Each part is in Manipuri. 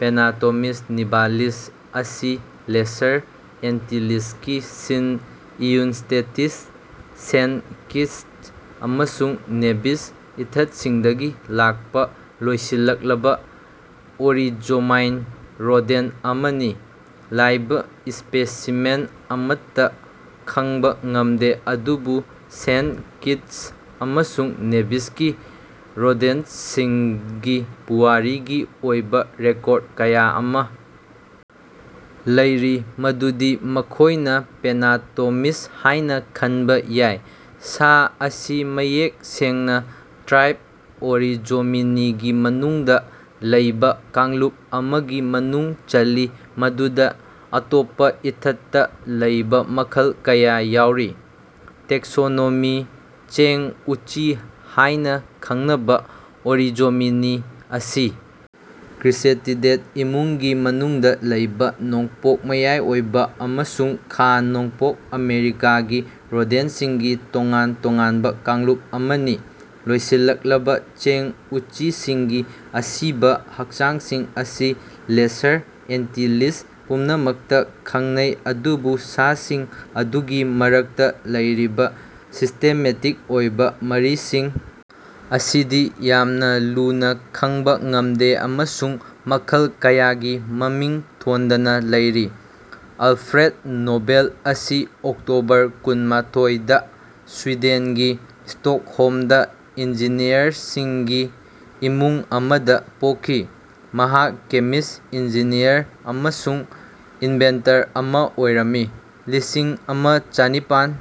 ꯄꯦꯅꯥꯇꯣꯃꯤꯁ ꯅꯤꯚꯥꯂꯤꯁ ꯑꯁꯤ ꯂꯦꯁꯔ ꯑꯦꯟꯇꯤꯂꯤꯁꯀꯤ ꯁꯤꯟꯠ ꯏꯎꯁ꯭ꯇꯦꯇꯤꯁ ꯁꯦꯟꯠ ꯀꯤꯠꯁ ꯑꯃꯁꯨꯡ ꯅꯦꯚꯤꯁ ꯏꯊꯠꯁꯤꯡꯗꯒꯤ ꯂꯥꯛꯄ ꯂꯣꯏꯁꯤꯜꯂꯛꯂꯕ ꯑꯣꯔꯤꯖꯣꯃꯥꯏꯟ ꯔꯣꯗꯦꯟꯠ ꯑꯃꯅꯤ꯫ ꯂꯥꯏꯕ ꯁ꯭ꯄꯦꯁꯤꯃꯦꯟ ꯑꯃꯠꯇ ꯈꯪꯕ ꯉꯝꯗꯦ ꯑꯗꯨꯕꯨ ꯁꯦꯟꯠ ꯀꯤꯠꯁ ꯑꯃꯁꯨꯡ ꯅꯦꯚꯤꯁꯀꯤ ꯔꯣꯗꯦꯟꯠꯁꯤꯡꯒꯤ ꯄꯨꯋꯥꯔꯤꯒꯤ ꯑꯣꯏꯕ ꯔꯦꯀꯣꯔꯗ ꯀꯌꯥ ꯑꯃꯥ ꯂꯩꯔꯤ ꯃꯗꯨꯗꯤ ꯃꯈꯣꯏꯅ ꯄꯦꯅꯥꯇꯣꯃꯤꯁ ꯍꯥꯏꯅ ꯈꯟꯕ ꯌꯥꯏ꯫ ꯁꯥ ꯑꯁꯤ ꯃꯌꯦꯛ ꯁꯦꯡꯅ ꯇ꯭ꯔꯥꯏꯕ ꯑꯣꯔꯤꯖꯣꯃꯤꯅꯤꯒꯤ ꯃꯅꯨꯡꯗ ꯂꯩꯕ ꯀꯥꯡꯂꯨꯞ ꯑꯃꯒꯤ ꯃꯅꯨꯡ ꯆꯜꯂꯤ ꯃꯗꯨꯗꯥ ꯑꯇꯣꯞꯄ ꯏꯊꯠꯇ ꯂꯩꯕ ꯃꯈꯜ ꯀꯌꯥ ꯌꯥꯎꯔꯤ꯫ ꯇꯦꯛꯁꯣꯅꯣꯃꯤ ꯆꯦꯡ ꯎꯆꯤ ꯍꯥꯏꯅ ꯈꯪꯅꯕ ꯑꯣꯔꯤꯖꯣꯃꯤꯅꯤ ꯑꯁꯤ ꯀ꯭ꯔꯤꯁꯦꯇꯤꯗꯦꯗ ꯏꯃꯨꯡꯒꯤ ꯃꯅꯨꯡꯗꯥ ꯂꯩꯕ ꯅꯣꯡꯄꯣꯛ ꯃꯌꯥꯏꯑꯣꯏꯕ ꯑꯃꯁꯨꯡ ꯈꯥ ꯅꯣꯡꯄꯣꯛ ꯑꯥꯃꯦꯔꯤꯀꯥꯒꯤ ꯔꯣꯗꯦꯟꯠꯁꯤꯡꯒꯤ ꯇꯣꯉꯥꯟ ꯇꯣꯉꯥꯟꯕ ꯀꯥꯡꯂꯨꯞ ꯑꯃꯅꯤ꯫ ꯂꯣꯏꯁꯤꯜꯂꯛꯂꯕ ꯆꯦꯡ ꯎꯆꯤꯁꯤꯡꯒꯤ ꯑꯁꯤꯕ ꯍꯛꯆꯥꯡꯁꯤꯡ ꯑꯁꯤ ꯂꯦꯁꯔ ꯑꯦꯟꯇꯤꯂꯤꯁ ꯄꯨꯝꯅꯃꯛꯇ ꯈꯪꯅꯩ ꯑꯗꯨꯕꯨ ꯁꯥꯁꯤꯡ ꯑꯗꯨꯒꯤ ꯃꯔꯛꯇ ꯂꯩꯔꯤꯕ ꯁꯤꯁꯇꯦꯃꯦꯇꯤꯛ ꯑꯣꯏꯕ ꯃꯔꯤꯁꯤꯡ ꯑꯁꯤꯗꯤ ꯌꯥꯝꯅ ꯂꯨꯅꯥ ꯈꯪꯕ ꯉꯝꯗꯦ ꯑꯃꯁꯨꯡ ꯃꯈꯜ ꯀꯌꯥꯒꯤ ꯃꯃꯤꯡ ꯊꯣꯟꯗꯅ ꯂꯩꯔꯤ꯫ ꯑꯜꯐ꯭ꯔꯦꯗ ꯅꯣꯕꯦꯜ ꯑꯁꯤ ꯑꯣꯛꯇꯣꯕꯔ ꯀꯨꯟꯃꯥꯊꯣꯏ ꯗꯥ ꯁ꯭ꯋꯤꯗꯦꯟꯒꯤ ꯁ꯭ꯇꯣꯛꯍꯣꯝꯗꯥ ꯏꯟꯖꯤꯅꯤꯌꯔꯁꯤꯡꯒꯤ ꯏꯃꯨꯡ ꯑꯃꯗꯥ ꯄꯣꯛꯈꯤ꯫ ꯃꯍꯥꯛ ꯀꯦꯃꯤꯁ꯭ꯠ ꯏꯟꯖꯤꯅꯤꯌꯔ ꯑꯃꯁꯨꯡ ꯏꯅꯚꯦꯟꯇꯔ ꯑꯃꯥ ꯑꯣꯏꯔꯝꯃꯤ꯫ ꯂꯤꯁꯤꯡ ꯑꯃ ꯆꯅꯤꯄꯥꯟ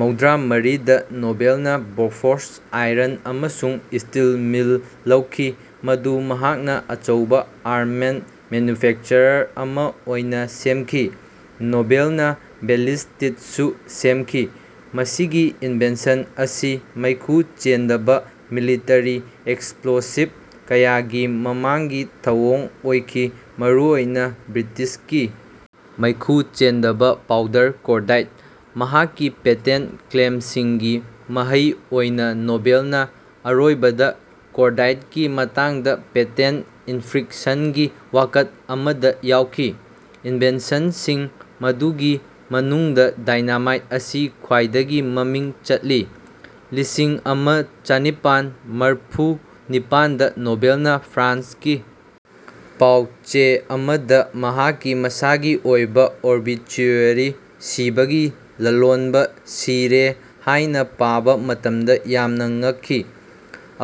ꯃꯧꯗ꯭ꯔꯥ ꯃꯔꯤꯗ ꯅꯣꯕꯦꯜꯅꯥ ꯕꯣꯐꯣꯔꯁ ꯑꯥꯏꯔꯟ ꯑꯃꯁꯨꯡ ꯁ꯭ꯇꯤꯜ ꯃꯤꯜ ꯂꯧꯈꯤ ꯃꯗꯨ ꯃꯍꯥꯛꯅꯥ ꯑꯆꯧꯕꯥ ꯑꯥꯔꯝꯃꯦꯟꯠ ꯃꯦꯟꯅ꯭ꯌꯨꯐꯦꯛꯆꯔꯔ ꯑꯃꯥ ꯑꯣꯏꯅꯥ ꯁꯦꯝꯈꯤ꯫ ꯅꯣꯕꯦꯜꯅꯥ ꯕꯦꯂꯤꯁꯇꯤꯠꯁꯨ ꯁꯦꯝꯈꯤ꯫ ꯃꯁꯤꯒꯤ ꯏꯟꯚꯦꯟꯁꯟ ꯑꯁꯤ ꯃꯩꯈꯨ ꯆꯦꯟꯗꯕꯥ ꯃꯤꯂꯤꯇꯔꯤ ꯑꯦꯛꯁꯄ꯭ꯂꯣꯁꯤꯚ ꯀꯌꯥꯒꯤ ꯃꯃꯥꯡꯒꯤ ꯊꯧꯑꯣꯡ ꯑꯣꯏꯈꯤ ꯃꯔꯨꯑꯣꯏꯅꯥ ꯕ꯭ꯔꯤꯇꯤꯁꯀꯤ ꯃꯩꯈꯨ ꯆꯦꯟꯗꯕꯥ ꯄꯥꯎꯗꯔ ꯀꯣꯔꯗꯥꯏꯠ꯫ ꯃꯍꯥꯛꯀꯤ ꯄꯦꯇꯦꯟꯠ ꯀ꯭ꯂꯦꯝꯁꯤꯡꯒꯤ ꯃꯍꯩ ꯑꯣꯏꯅꯥ ꯅꯣꯕꯦꯜꯅꯥ ꯑꯔꯣꯏꯕꯗꯥ ꯀꯣꯔꯗꯥꯏꯠꯀꯤ ꯃꯇꯥꯡꯗꯥ ꯄꯦꯇꯦꯟꯠ ꯏꯟꯐ꯭ꯔꯤꯛꯁꯟꯒꯤ ꯋꯥꯀꯠ ꯑꯃꯗꯥ ꯌꯥꯎꯈꯤ꯫ ꯏꯟꯚꯦꯟꯁꯟꯁꯤꯡ ꯃꯗꯨꯒꯤ ꯃꯅꯨꯡꯗꯥ ꯗꯥꯏꯅꯥꯃꯥꯏꯠ ꯑꯁꯤ ꯈ꯭ꯋꯥꯏꯗꯒꯤ ꯃꯃꯤꯡ ꯆꯠꯂꯤ꯫ ꯂꯤꯁꯤꯡ ꯑꯃ ꯆꯅꯤꯄꯥꯟ ꯃꯔꯐꯨ ꯅꯤꯄꯥꯟꯗ ꯅꯣꯕꯦꯜꯅꯥ ꯐ꯭ꯔꯥꯟꯁꯀꯤ ꯄꯥꯎ ꯆꯦ ꯑꯃꯗꯥ ꯃꯍꯥꯛꯀꯤ ꯃꯁꯥꯒꯤ ꯑꯣꯏꯕꯥ ꯑꯣꯕꯤꯆꯨꯌꯦꯔꯤ ꯁꯤꯕꯒꯤ ꯂꯂꯣꯟꯕꯥ ꯁꯤꯔꯦ ꯍꯥꯏꯅꯥ ꯄꯥꯕꯥ ꯃꯇꯝꯗꯥ ꯌꯥꯝꯅꯥ ꯉꯛꯈꯤ꯫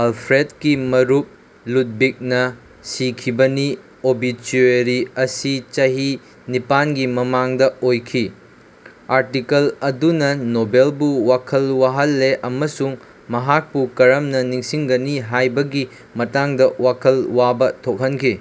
ꯑꯜꯐ꯭ꯔꯦꯗꯀꯤ ꯃꯔꯨꯞ ꯂꯨꯗꯚꯤꯒꯅꯥ ꯁꯤꯈꯤꯕꯅꯤ ꯑꯣꯕꯤꯆꯨꯑꯦꯔꯤ ꯑꯁꯤ ꯆꯍꯤ ꯅꯤꯄꯥꯟꯒꯤ ꯃꯃꯥꯡꯗꯥ ꯑꯣꯏꯈꯤ꯫ ꯑꯥꯔꯇꯤꯀꯜ ꯑꯗꯨꯅꯥ ꯅꯣꯕꯦꯜꯕꯨ ꯋꯥꯈꯜ ꯋꯥꯍꯜꯂꯦ ꯑꯃꯁꯨꯡ ꯃꯍꯥꯛꯄꯨ ꯀꯔꯝꯅꯥ ꯅꯤꯡꯁꯤꯡꯒꯅꯤ ꯍꯥꯏꯕꯒꯤ ꯃꯇꯥꯡꯗꯥ ꯋꯥꯈꯜ ꯋꯥꯕꯥ ꯊꯣꯛꯍꯟꯈꯤ꯫